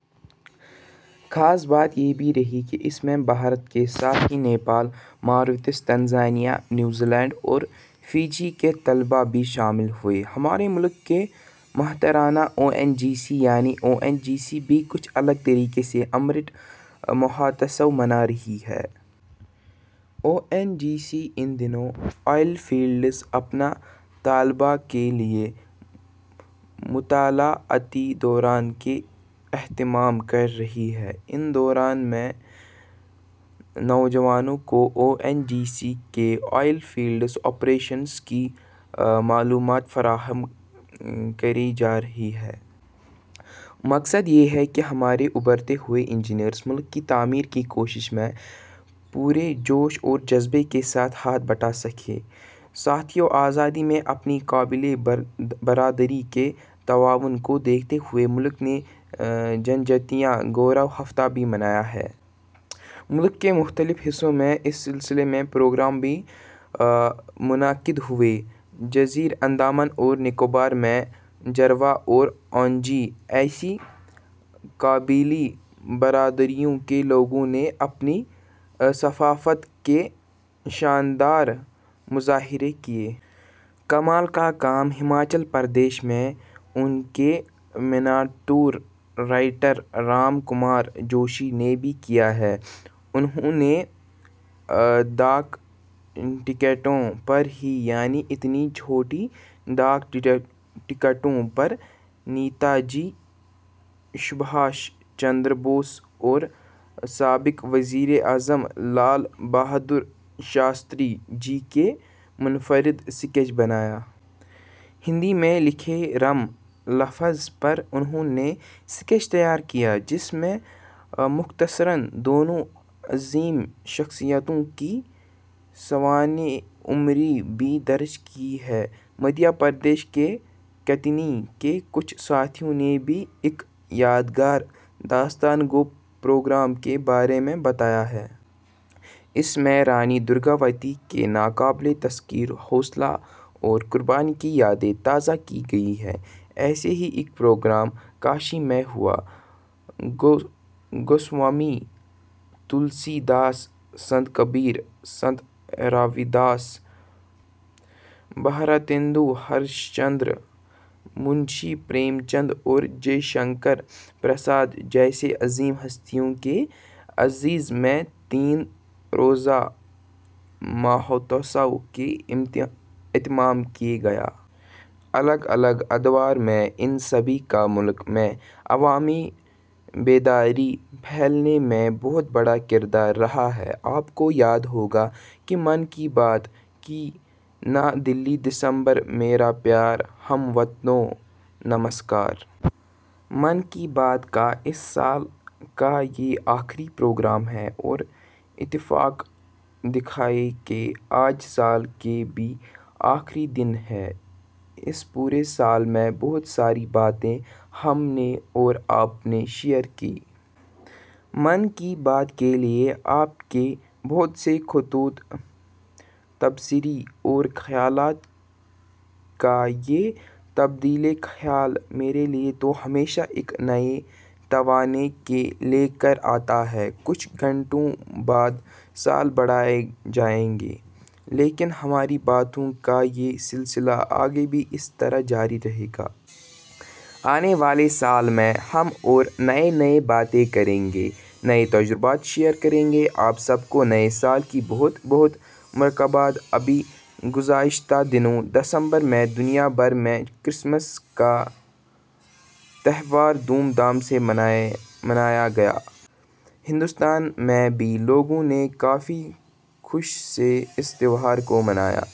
خاص بات یہ بھی رہی کہ اس میں بھارت کے ساتھ ہی Nepal, Mauritius, Tanzania, New Zealand اور فجی کے طلبا بھی شامل ہوئے۔ ہمارے ملک کا مہارتن او این جی سی۔ او این جی سی بھی کچھ الگ طریقے سے امرت مہوتسو منا رہا ہے۔ او این جی سی ان دنوں آئل فیلڈز اپنے طلباء کے لیے میں مطالعاتی دوروں کا اہتمام کر رہا ہے۔ ان دوروں میں، نوجوانوں کو او این جی سی کے آئل فیلڈ آپریشنز کی معلومات فراہم کرائی جارہی ہے۔ مقصد یہ ہے کہ ہمارے ابھرتے ہوئے انجینئرز ملک کی تعمیر کی کوششوں میں پورے جوش اور جذبے کے ساتھ ہاتھ بٹا سکیں۔ ساتھیو، آزادی میں اپنی قبائلی برادری کے تعاون کو دیکھتے ہوئے ملک نے جن جاتیہ گورو ہفتہ بھی منایا ہے۔ ملک کے مختلف حصوں میں اس سلسلے میں پروگرام بھی منعقد ہوئے۔ جزائر انڈمان اور نکوبار میں، جاروا اور اونگے، ایسی قبائلی برادریوں کے لوگوں نے اپنی ثقافت کا شاندار مظاہرہ کیا۔ ایک کمال کا کام ہماچل پردیش میں اونا کے miniature writer Ram Kumar Joshi نے بھی کیا ہے، انہوں نے ڈاک ٹکٹوں پر ہی یعنی تنے چھوٹی ڈاکٹ ٹکٹوں پر نیتا جی سبھاش چندر بوس اور سابق وزیر اعظم لال بہادر شاستری جی کے منفرد اسکیچ بنائے۔ ہندی میں لکھے 'رام' لفظ پر انہوں نے اسکیچ تیار کئے جس میں مختصراً دونوں عظیم شخصیتوں کی سوانح عمری کو بھی درج کی ہے۔ مدھیہ پردیش کے کٹنی کے کچھ ساتھیوں نے بھی ایک یادگار داستان گوئی پروگرام کے بارے میں بتایا ہے۔ اس میں رانی درگاوتی کے ناقابل تسخیر حوصلے اور قربانی کی یادیں تازہ کی گئی ہیں۔ ایسا ہی ایک پروگرام کاشی میں ہوا۔ گوسوامی تلسی داس، سنت کبیر، سنت رے داس، بھارتندو ہریش چندر، منشی پریم چند اور جے شنکر پرساد جیسی عظیم ہستیوں کے اعزاز میں تین روزہ مہوتس کا اہتمام کیا گیا۔ الگ الگ ادوار میں ان سبھی کا ملک میں عوامی بیداری پھیلانے میں بہت بڑا کردار رہا ہے۔ آپ کو یاد ہوگا ں کہ 'من کی بات' کی. نئی دہلی۔ دسمبر ؛ میرے پیارے ہم وطنوں، نمسکار۔ من کی بات کا اس سال کا یہ آخری پروگرام ہے اور اتفاق دیکھیے کہ آج، سال کا بھی آخری دن ہے۔ اس پورے سال میں بہت ساری باتیں ہم نے اور آپنے شیئر کی۔ من کی بات کے لیے آپ کے بہت سے خطوط، تبصرے ، خیالات کا یہ تبادلۂ خیال ، میرے لیے تو ہمیشہ ایک نئی توانائی لے کر آتا ہے۔ کچھ گھنٹوں بعد، سال بدل جائے گا لیکن ہماری باتوں کا یہ سلسلہ آگے بھی اسی طرح جاری رہے گا۔ آنے والے سال میں ہم ، اور نئی نئی باتیں کریں گے، نئے تجربے شیئر کریں گے۔ آپ سب کو کی بہت بہت مبارکباد۔ ابھی گزشتہ دنوں دسمبر کو دنیا بھر میں کرسمس کا تہوار دھوم دھام سے منایا گیا۔ ہندوستان میں بھی لوگوں نے کافی جوش سے اس تہوار کو منایا۔